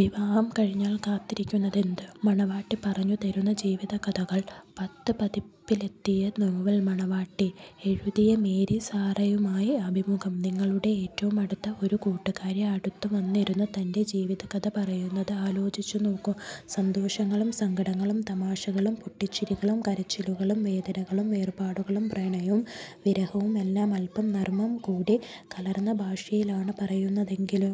വിവാഹം കഴിഞ്ഞാൽ കാത്തിരിക്കുന്നതെന്ത്? മണവാട്ടി പറഞ്ഞുതരുന്ന ജീവിതകഥകൾ... പത്ത് പതിപ്പിലെത്തിയെ നോവൽ 'മണവാട്ടി' എഴുതിയ മേരി സാറയുമായി അഭിമുഖം നിങ്ങളുടെ ഏറ്റവുമടുത്ത ഒരു കൂട്ടുകാരി അടുത്തുവന്നിരുന്ന് തന്റെ ജീവിതകഥ പറയുന്നത് ആലോചിച്ചുനോക്കൂ. സന്തോഷങ്ങളും സങ്കടങ്ങളും തമാശകളും പൊട്ടിച്ചിരികളും കരച്ചിലുകളും വേദനകളും വേർപാടുകളും പ്രണയവും വിരഹവുമെല്ലാം അൽപം നർമം കൂടി കലർന്ന ഭാഷയിലാണ് പറയുന്നതെങ്കിലോ.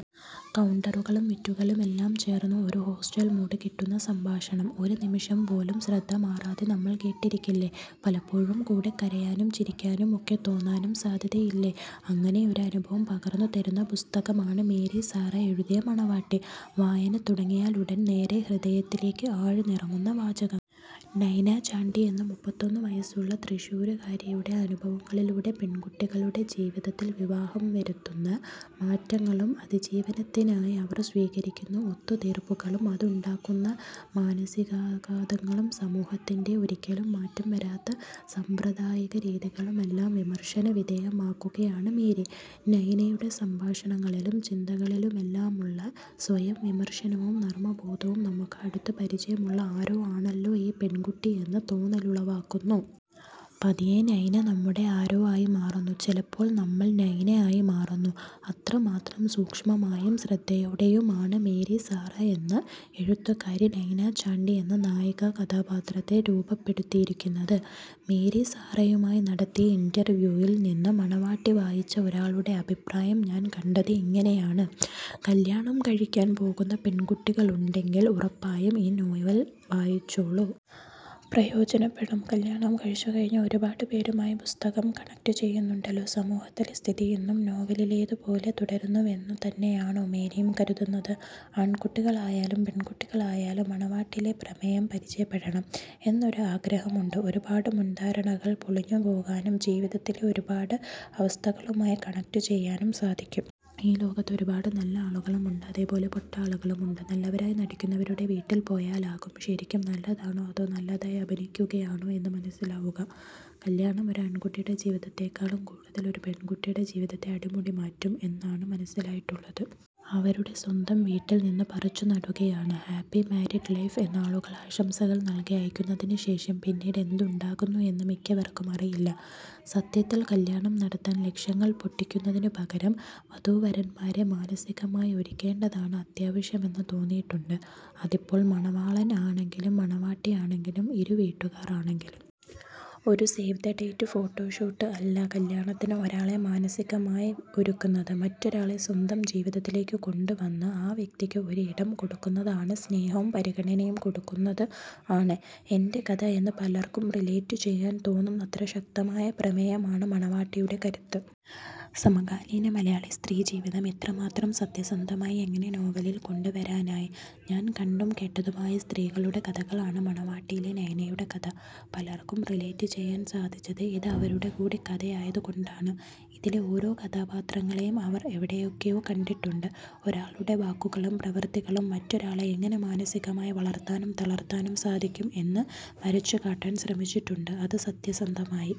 കൗണ്ടറുകളും വിറ്റുകളുമെല്ലാം ചേർന്ന് ഒരു ഹോസ്റ്റൽ മൂഡ് കിട്ടുന്ന സംഭാഷണം. ഒരു നിമിഷം പോലും ശ്രദ്ധമാറാതെ നമ്മൾ കേട്ടിരിക്കില്ലേ. പലപ്പോഴും കൂടെ കരയാനും ചിരിക്കാനുമൊക്കെ തോന്നാനും സാധ്യതില്ലേ. അങ്ങനെയൊരു അനുഭവം പകർന്നു തരുന്ന പുസ്തകമാണ് മേരി സാറ എഴുതിയ 'മണവാട്ടി'. വായന തുടങ്ങിയാലുടൻ നേരേ ഹൃദയത്തിലേക്ക് ആഴ്ന്നിറങ്ങുന്ന വാചകങ്ങൾ. നൈന ചാണ്ടി എന്ന മുപ്പത്തൊന്നു വയസ്സുള്ള തൃശൂരുകാരിയുടെ അനുഭവങ്ങളിലൂടെ പെൺകുട്ടികളുടെ ജീവിതത്തിൽ വിവാഹം വരുത്തുന്ന മാറ്റങ്ങളും അതിജീവനത്തിനായി അവർ സ്വീകരിക്കുന്ന ഒത്തുതീർപ്പുകളും അതുണ്ടാക്കുന്ന മാനസികാഘാതങ്ങളും സമൂഹത്തിന്റെ ഒരിക്കലും മാറ്റം വരാത്ത സാമ്പ്രദായിക രീതികളുമെല്ലാം വിമർശന വിധേയമാക്കുകയാണ് മേരി. നൈനയുടെ സംഭാഷണങ്ങളിലും ചിന്തകളിലുമെല്ലാമുള്ള സ്വയം വിമർശനവും നർമബോധവും നമുക്ക് അടുത്തു പരിചയമുള്ള ആരോ ആണല്ലോ ഈ പെൺകുട്ടിയെന്ന തോന്നലുളവാക്കുന്നു. പതിയെ നൈന നമ്മുടെ ആരോ ആയി മാറുന്നു, ചിലപ്പോൾ നമ്മൾ നൈന ആയി മാറുന്നു. അത്രമാത്രം സൂക്ഷ്മമായും ശ്രദ്ധയോടെയുമാണ് മേരി സാറ എന്ന എഴുത്തുകാരി നൈന ചാണ്ടി എന്ന നായിക കഥാപാത്രത്തെ രൂപപ്പെടുത്തിയിരിക്കുന്നത്. മേരി സാറയുമായി നടത്തിയ ഇന്റർവ്യുവിൽ നിന്ന്. ∙മണവാട്ടി വായിച്ച ഒരാളുടെ അഭിപ്രായം ഞാൻ കണ്ടത് ഇങ്ങനെയാണ്: ''കല്യാണം കഴിക്കാൻ പോകുന്ന പെൺകുട്ടികളുണ്ടെങ്കിൽ ഉറപ്പായും ഈ നോവൽ വായിച്ചോളൂ. പ്രയോജനപ്പെടും''. കല്യാണം കഴിച്ചു കഴിഞ്ഞ ഒരുപാടു പേരുമായി പുസ്തകം കണക്ട് ചെയ്യുന്നുണ്ടല്ലോ. സമൂഹത്തിലെ സ്ഥിതി ഇന്നും നോവലിലേതു പോലെ തുടരുന്നുവെന്നു തന്നെയാണോ മേരിയും കരുതുന്നത്? ആൺകുട്ടികൾ ആയാലും പെൺകുട്ടികൾ ആയാലും മണവാട്ടിയിലെ പ്രമേയം പരിചയപ്പെടണം എന്നൊരു ആഗ്രഹം ഉണ്ട്. ഒരുപാട് മുൻധാരണകൾ പൊളിഞ്ഞു പോകാനും ജീവിതത്തിലെ ഒരുപാട് അവസ്ഥകളുമായി കണക്ട് ചെയ്യാനും സാധിക്കും. ഈ ലോകത്ത് ഒരുപാട് നല്ല ആളുകൾ ഉണ്ട്. അതേപോലെ പൊട്ട ആളുകളും ഉണ്ട്. നല്ലവരായി നടിക്കുന്നവരുടെ വീട്ടിൽ പോയാലാകും ശരിക്കും നല്ലതാണോ അതോ നല്ലതായി അഭിനയിക്കുകയാണോ എന്ന് മനസിലാവുക. കല്യാണം ഒരു ആൺകുട്ടിയുടെ ജീവിതത്തെക്കാളും കൂടുതൽ ഒരു പെൺകുട്ടിയുടെ ജീവിതത്തെ അടിമുടി മാറ്റും എന്നാണ് മനസിലായിട്ടുള്ളത്. അവരുടെ സ്വന്തം വീട്ടിൽ നിന്ന് പറിച്ചുനടുകയാണ്. ഹാപ്പി മാരീഡ് ലൈഫ് എന്ന് ആളുകൾ ആശംസകൾ നൽകി അയയ്ക്കുന്നതിനു ശേഷം പിന്നീട് എന്ത് ഉണ്ടാകുന്നു എന്ന് മിക്കവർക്കും അറിയില്ല. സത്യത്തിൽ കല്യാണം നടത്താൻ ലക്ഷങ്ങൾ പൊട്ടിക്കുന്നതിനു പകരം വധൂവരൻമാരെ മാനസികമായി ഒരുക്കേണ്ടതാണ് അത്യാവശ്യം എന്ന് തോന്നിയിട്ടുണ്ട്. അതിപ്പോൾ മണവാളൻ ആണെങ്കിലും മണവാട്ടി ആണെങ്കിലും ഇരു വീട്ടുകാർ ആണെങ്കിലും. ഒരു സേവ് ദ് ഡേറ്റ് ഫോട്ടോഷൂട്ട് അല്ല കല്യാണത്തിന് ഒരാളെ മാനസികമായി ഒരുക്കുന്നത്. മറ്റൊരാളെ സ്വന്തം ജീവിതത്തിലേക്കു കൊണ്ടുവന്ന് ആ വ്യക്തിക്ക് ഒരു ഇടം കൊടുക്കുന്നത് ആണ്, സ്നേഹവും പരിഗണനയും കൊടുക്കുന്നത് ആണ്. ∙എന്റെ കഥ എന്ന് പലർക്കും റിലേറ്റ് ചെയ്യാൻ തോന്നുന്നത്ര ശക്തമായ പ്രമേയമാണ് മണവാട്ടിയുടെ കരുത്ത്. സമകാലീന മലയാളി സ്ത്രീ ജീവിതം ഇത്രമാത്രം സത്യസന്ധമായി എങ്ങനെ നോവലിൽ കൊണ്ടുവരാനായി? ഞാൻ കണ്ടും കേട്ടതുമായ സ്ത്രീകളുടെ കഥകളാണ് മണവാട്ടിയിലെ നൈനയുടെ കഥ. പലർക്കും റിലേറ്റ് ചെയ്യാൻ സാധിച്ചത് ഇത് അവരുടെ കൂടി കഥയായത് കൊണ്ടാണ്. ഇതിലെ ഓരോ കഥാപാത്രങ്ങളെയും അവർ എവിടെയൊക്കെയോ കണ്ടിട്ടുണ്ട്. ഒരാളുടെ വാക്കുകളും പ്രവൃത്തികളും മറ്റൊരാളെ എങ്ങനെ മാനസികമായി വളർത്താനും തളർത്താനും സാധിക്കും എന്നു വരച്ചുകാട്ടാൻ ശ്രമിച്ചിട്ടുണ്ട്. അത് സത്യസന്ധമായി